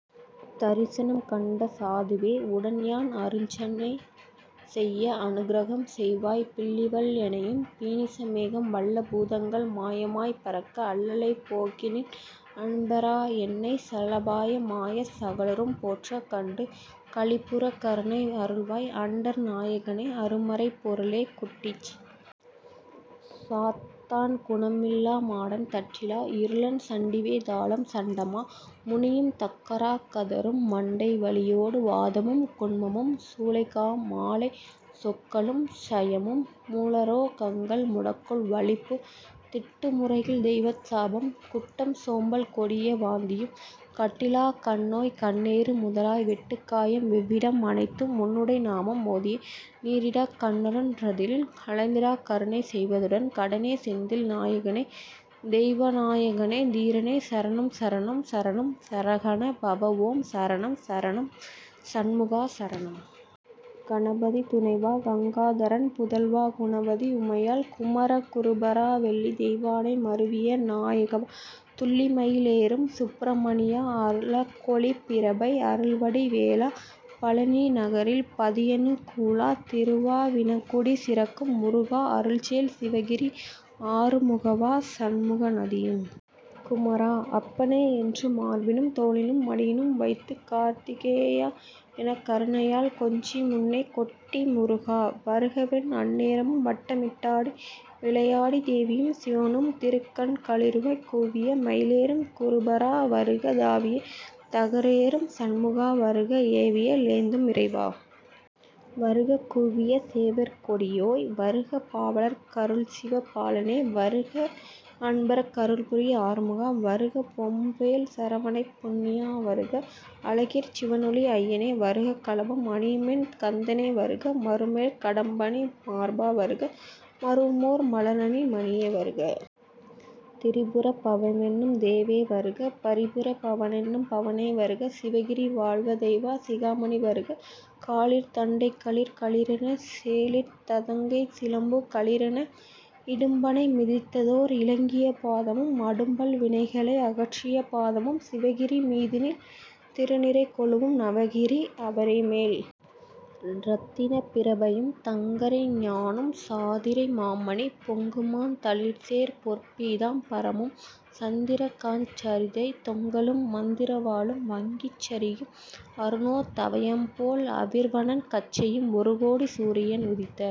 தரிசனம் கண்ட சாதுவோ உடன்யான் அருச்சனை செய்ய அனுக்ரகம் செய்வாய் பில்லிவல் வினையும் பீனிச மேகம் வல்ல பூதங்கள் மாயமாய்ப் பறக்க அல்லலைப் போக்கிநின் அன்பரொ என்னைச் சல்லாப மாகச் சகலரும் போற்ற கண்டு களிப்புறக் கருணை அருள்வாய் அண்டர் நாயகனே அருமறைப் பொருளே குட்டிச் சாத்தான் குணமிலா மாடன் தட்டிலா இருளன் சண்டிவே தாளம் சண்டமா முனியும் தக்கராக் கதரும் மண்டை வலியொடு வாதமும் குன்மமும் சூலைகா மாலை சொக்கலும் சயமும் மூலரோ கங்கள் முடக்குள் வலிப்பு திட்டு முறைகள் தெய்வத சாபம் குட்டம் சோம்பல் கொடிய வாந்தியும் கட்டிலாக் கண்ணோய் கண்ணேறு முதலா வெட்டுக் காயம் வெவ்விடம் அனைத்தும் உன்னுடை நாமம் ஓதியே நீறிடக் கன்னலொன் றதனில் களைந்திடக் கருணை செய்வதுடன் கடனே செந்தில் நாயகனே தெய்வநா யகனே தீரனே சரணம் சரணம் சரணம் சரஹண பவஓம் சரணம் சரணம் சண்முகா சரணம்! கணபதி துணைவா கங்காதரன் புதல்வா குணவதி உமையாள் குமர குருபரா வள்ளிதெய் வானை மருவிய நாயகா துள்ளிமயி லேறும் சுப்பிர மணியா அழகொளிப் பிரபை அருள்வடி வேலா பழநி நகரில் பதியனு கூலா திருவா வினன்குடி சிறக்கும் முருகா அருள்சேர் சிவகிரி ஆறு முகவா சண்முகநதியும் குமரா! அப்பனே! என்று மார்பினும் தோளினும் மடியினும் வைத்துக் கார்த்திகே யாஎனக் கருணையால் கொஞ்சி முன்னே கொட்டி முருகா! வருகவென் அந்நேரம் வட்டமிட்டாடி விளையாடித் தேவியும் சிவனும் திருக்கண் களிகூரக் கூவிய மயிலேறும் குருபரா வருக தாவிய தகரேறும் சண்முகா வருக ஏவியவே லேந்தும் இறைவா வருக கூவிய சேவற் கொடியோய் வருக பாவலர்க் கருள்சிவ பாலனே வருக அன்பர்க் கருள்புரி ஆறுமுகா வருக பொன்போல் சரவணைப் புண்ணியா வருக அழகிற் சிவனொளி அய்யனே வருக கலபம் அணியுமென் கந்தனே வருக மருமலர்க் கடம்பணி மார்பா வருக மருவுவோர் மலரணி மணியே வருக திரிபுர பவனெனும் தேவே வருக பரிபுர பவனெனும் பவனே வருக சிவகிரி வாழ்தெய்வ சிகாமணி வருக காலிற் தண்டை கலீர் கலீரென சேலிற்சதங்கை சிலம்பு கலீரென இடும்பனை மிதித்ததோர் இலங்கிய பாதமும் அடும்பல வினைகளை அகற்றிய பாதமும் சிவகிரி மீதினில் திருநிறை கொலுவும் நவகிரி அரைமேல் இரத்தினப் பிரபையும் தங்கரை ஞாணும் சாதிரை மாமணி பொங்குமாந் தளிர்சேர் பொற்பீதாம் பரமும் சந்திர காந்தச் சரிகைத் தொங்கலும் மந்திரவாளும் வங்கிச் சரிகையும் அருணோ தயம்போல் அவிர்வன் கச்சையும் ஒருகோடி சூரியன் உதித்த